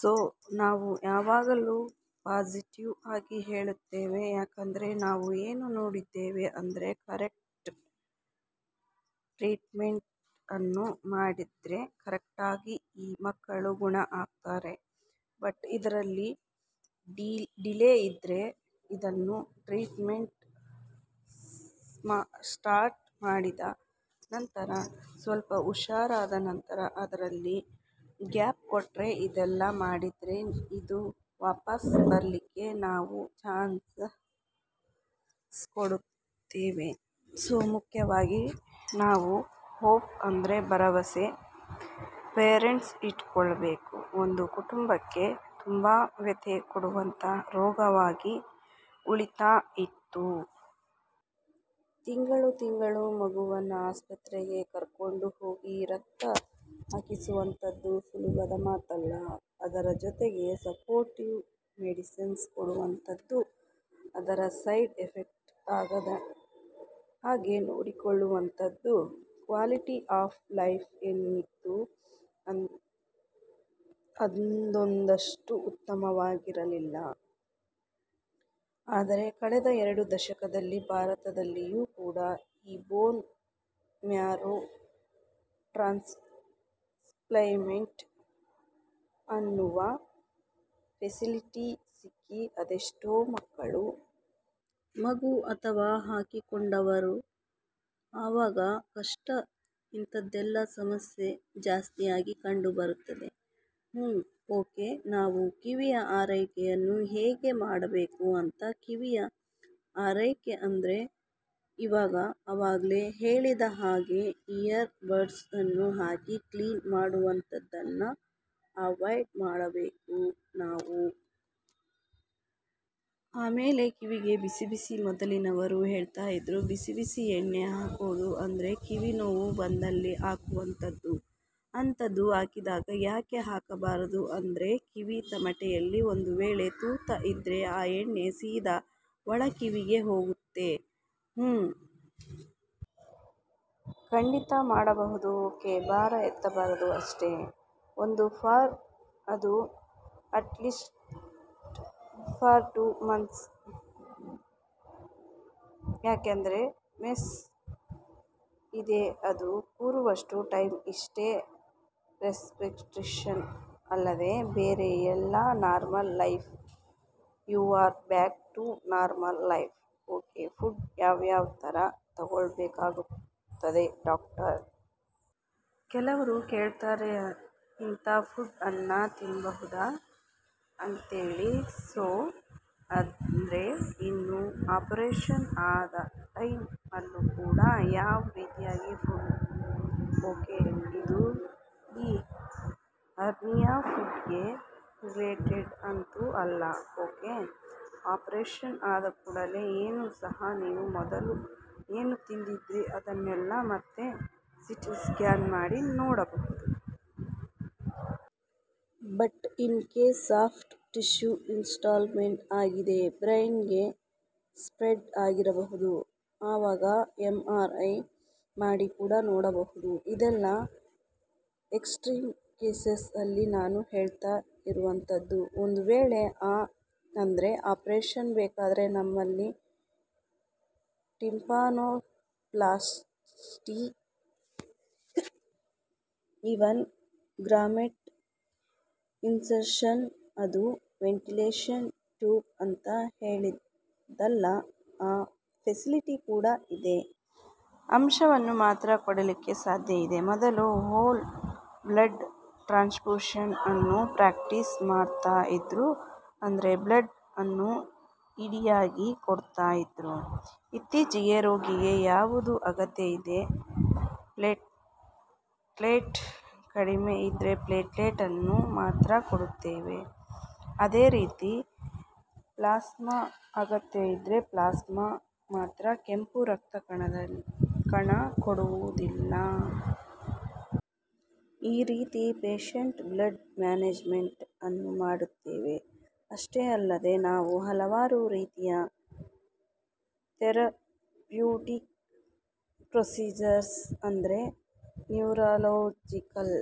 So ನಾವು ಯಾವಾಗಲೂ positive ಆಗಿ ಹೇಳುತ್ತೇವೆ ಯಾಕೆಂದ್ರೆ ನಾವು ಏನು ನೋಡಿದ್ದೇವೆ ಅಂದ್ರೆ ಕರೆಕ್ಟ್ ಟ್ರೀಟ್ಮೆಂಟ್ ಅನ್ನು ಮಾಡಿದ್ರೆ ಕರೆಕ್ಟಾಗಿ ಈ ಮಕ್ಕಳು ಗುಣ ಆಗ್ತಾರೆ ಬಟ್ ಇದರಲ್ಲಿ ಡಿಲೇ ಇದ್ರೆ ಇದನ್ನು ಟ್ರೀಟ್ಮೆಂಟ್ ಸ್ಟಾರ್ಟ್ ಮಾಡಿದ ನಂತರ ಸ್ವಲ್ಪ ಹುಷಾರಾದ ನಂತರ ಅದರಲ್ಲಿ ಗ್ಯಾಪ್ ಕೊಟ್ರೆ ಇದೆಲ್ಲ ಮಾಡಿದ್ರೆ ಇದು ವಾಪಸ್ ಬರಲಿಕ್ಕೆ ನಾವು ಚಾನ್ಸಸ್ ಕೊಡ್ತೇವೆ ಸೋ ಮುಖ್ಯವಾಗಿ ನಾವು ಹೋಪ್ ಅಂದ್ರೆ ಭರವಸೆ ಪೇರೆಂಟ್ಸ್ ಇಟ್ಕೊಳ್ಬೇಕು ಒಂದು ಕುಟುಂಬಕ್ಕೆ ತುಂಬಾ ವ್ಯಥೆ ಕೊಡುವಂತ ರೋಗವಾಗಿ ಉಳಿತಾ ಇತ್ತು. ತಿಂಗಳು ತಿಂಗಳು ಮಗುವನ್ನ ಆಸ್ಪತ್ರೆಗೆ ಕರ್ಕೊಂಡು ಹೋಗಿ ರಕ್ತ ಹಾಕಿಸುವಂತದ್ದು ಸುಲಭದ ಮಾತಲ್ಲ. ಅದರ ಜೊತೆಗೆ ಸಪೋರ್ಟಿವ್ ಮೆಡಿಸಿನ್ಸ್ ಕೊಡುವಂತದ್ದು ಅದರ ಸೈಡ್ ಎಫೆಕ್ಟ್ ಆಗದ ಹಾಗೆ ನೋಡಿಕೊಳ್ಳುವಂತದ್ದು ಕ್ವಾಲಿಟಿ ಆಫ್ ಲೈಫ್ ಏನಿತ್ತು ಅದೊಂದಷ್ಟು ಉತ್ತಮವಾಗಿರಲಿಲ್ಲ. ಆದರೆ ಕಳೆದ ಎರಡು ದಶಕದಲ್ಲಿ ಭಾರತದಲ್ಲಿಯೂ ಕೂಡ ಈ ಬೋನ್ ಮ್ಯಾರೋ ಟ್ರಾನ್ಸ್ಪ್ಲಾಂಟ್ ಅನ್ನುವ ಫೆಸಿಲಿಟಿ ಸಿಕ್ಕಿ ಅದೆಷ್ಟೋ ಮಕ್ಕಳು. ಮಗು ಅಥವಾ ಹಾಕೊಂಡವರು ಅವಾಗ ಕಷ್ಟ ಇಂತದೆಲ್ಲಾ ಸಮಸ್ಯೆ ಜಾಸ್ತಿಯಾಗಿ ಕಂಡುಬರುತ್ತದೆ. ಹುಂ. ಓಕೆ ನಾವು ಕಿವಿಯ ಆರೈಕೆಯನ್ನು ಹೇಗೆ ಮಾಡಬೇಕು ಅಂತ ಕಿವಿಯ ಆರೈಕೆ ಅಂದ್ರೆ ಇವಾಗ ಆವಾಗ್ಲೇ ಹೇಳಿದ ಹಾಗೆ ಇಯರ್ ಬಡ್ಸ್ ಅನ್ನು ಹಾಕಿ ಕ್ಲೀನ್ ಮಾಡುವಂತದ್ದನ್ನ ಅವಾಯ್ಡ್ ಮಾಡಬೇಕು ನಾವು. ಆಮೇಲೆ ಕಿವಿಗೆ ಬಿಸಿ ಬಿಸಿ ಮೊದಲಿನವರು ಹೇಳ್ತಾ ಇದ್ರು ಬಿಸಿ ಬಿಸಿ ಎಣ್ಣೆ ಹಾಕೋದು ಅಂದ್ರೆ ಕಿವಿ ನೋವು ಬಂದಲ್ಲಿ ಹಾಕುವಂತದ್ದು ಅಂತದ್ದು ಹಾಕಿದಾಗ ಯಾಕೆ ಹಾಕಬಾರದು ಅಂದ್ರೆ ಕಿವಿ ತಮಟೆಯಲ್ಲಿ ಒಂದು ವೇಳೆ ತೂತ ಇದ್ರೆ ಆ ಎಣ್ಣೆ ಸೀದಾ ಒಳಕಿವಿಗೆ ಹೋಗುತ್ತೆ. ಹುಂ. ಖಂಡಿತ ಮಾಡಬಹುದು ಓಕೆ ಭಾರ ಎತ್ತಬಾರದು ಅಷ್ಟೇ. ಒಂದು ಫಾರ್ ಅದು ಅಟ್ಲೀಸ್ಟ್ ಫಾರ್ ಟು ಮಂತ್ಸ್ ಯಾಕಂದ್ರೆ ಮೆಶ್ ಇದೆ ಅದು ಕೂರುವಷ್ಟು ಟೈಮ್ ಇಷ್ಟೇ ರೆಸ್ಟ್ರಿಕ್ಷನ್ ಅಲ್ಲದೆ ಬೇರೆ ಎಲ್ಲಾ normal life you are back to normal life. Okay food ಯಾವ್ ಯಾವ್ ತರ ತಗೊಳ್ಬೇಕಾಗುತ್ತದೆ ಡಾಕ್ಟರ್. ಕೆಲವರು ಕೇಳ್ತಾರೆ ಇಂತ ಫುಡ್ ಅನ್ನ ತಿನ್ಬಹುದಾ ಅಂತೇಳಿ ಸೋ ಅಂದ್ರೆ ಇನ್ನು ಆಪರೇಷನ್ ಆದ ಟೈಮ್ ಅಲ್ಲೂ ಕೂಡ ಯಾವ್ ರೀತಿಯಾದ ಫುಡ್. ಓಕೆ ಇದು ಈ ಹರ್ನಿಯಾ ಫುಡ್ ಗೆ ರಿಲೇಟೆಡ್ ಅಂತೂ ಅಲ್ಲ ಓಕೆ. ಆಪರೇಷನ್ ಆದ ಕೂಡಲೇ ಏನು ಸಹ ನೀವು ಮೊದಲು ಏನು ತಿಂತಿದ್ರಿ ಅದನ್ನೆಲ್ಲಾ ಮತ್ತೆ ಸಿಟಿ ಸ್ಕ್ಯಾನ್ ಮಾಡಿ ನೋಡಬಹುದು. But in case soft tissue involvement ಆಗಿದೆ. ಬ್ರೈನ್ ಗೆ ಸ್ಪ್ರೆಡ್ ಆಗಿರಬಹುದು. ಆವಾಗ ಎಂಆರ್ ಐ ಮಾಡಿ ಕೂಡ ನೋಡಬಹುದು. ಇದೆಲ್ಲಾ ಎಕ್ಸ್ಟ್ರೀಮ್ ಕೇಸಸ್ ಅಲ್ಲಿ ನಾನು ಹೇಳ್ತಾ ಇರುವಂತದ್ದು ಒಂದು ವೇಳೆ ಆ ಅಂದ್ರೆ ಆಪರೇಷನ್ ಬೇಕಾದ್ರೆ ನಮ್ಮಲ್ಲಿ ಟಿಂಪಾನೋಪ್ಲಾಸ್ಟಿ ಇವನ್ ಗ್ರಾಮೆಟ್ ಇನ್ಸರ್ಷನ್ ಅದು ವೆಂಟಿಲೇಷನ್ ಟ್ಯೂಬ್ ಅಂತ ಹೇಳಿದಲ್ಲ ಆ ಫೆಸಿಲಿಟಿ ಕೂಡ ಇದೆ. ಅಂಶವನ್ನು ಮಾತ್ರ ಕೊಡಲಿಕ್ಕೆ ಸಾಧ್ಯ ಇದೆ. ಮೊದಲು ಹೋಲ್ ಬ್ಲಡ್ ಟ್ರಾನ್ಸ್ಫ್ಯೂಷನ್ ಅನ್ನು ಪ್ರಾಕ್ಟೀಸ್ ಮಾಡ್ತಾ ಇದ್ರು. ಅಂದ್ರೆ ಬ್ಲಡ್ ಅನ್ನು ಇಡಿಯಾಗಿ ಕೊಡ್ತಾ ಇದ್ರು. ಇತ್ತೀಚೆಗೆ ರೋಗಿಗೆ ಯಾವುದು ಅಗತ್ಯ ಇದೆ ಪ್ಲೇಟ್ಲೆಟ್ ಕಡಿಮೆ ಇದ್ರೆ ಪ್ಲೇಟ್ಲೆಟ್ ಅನ್ನು ಮಾತ್ರ ಕೊಡುತ್ತೇವೆ. ಅದೇ ರೀತಿ ಪ್ಲಾಸ್ಮಾ ಅಗತ್ಯ ಇದ್ರೆ ಪ್ಲಾಸ್ಮಾ ಮಾತ್ರ ಕೆಂಪು ರಕ್ತ ಕಣ ಕೊಡುವುದಿಲ್ಲ. ಈ ರೀತಿ ಪೇಷಂಟ್ ಬ್ಲಡ್ ಮ್ಯಾನೇಜ್ಮೆಂಟ್ ಅನ್ನು ಮಾಡ್ತೇವೆ. ಅಷ್ಟೇ ಅಲ್ಲದೆ ನಾವು ಹಲವಾರು ರೀತಿಯ ಥೆರಪ್ಯೂಟಿಕ್ ಪ್ರೊಸೀಜರ್ಸ್ ಅಂದ್ರೆ ನ್ಯೂರೋಲಾಜಿಕಲ್.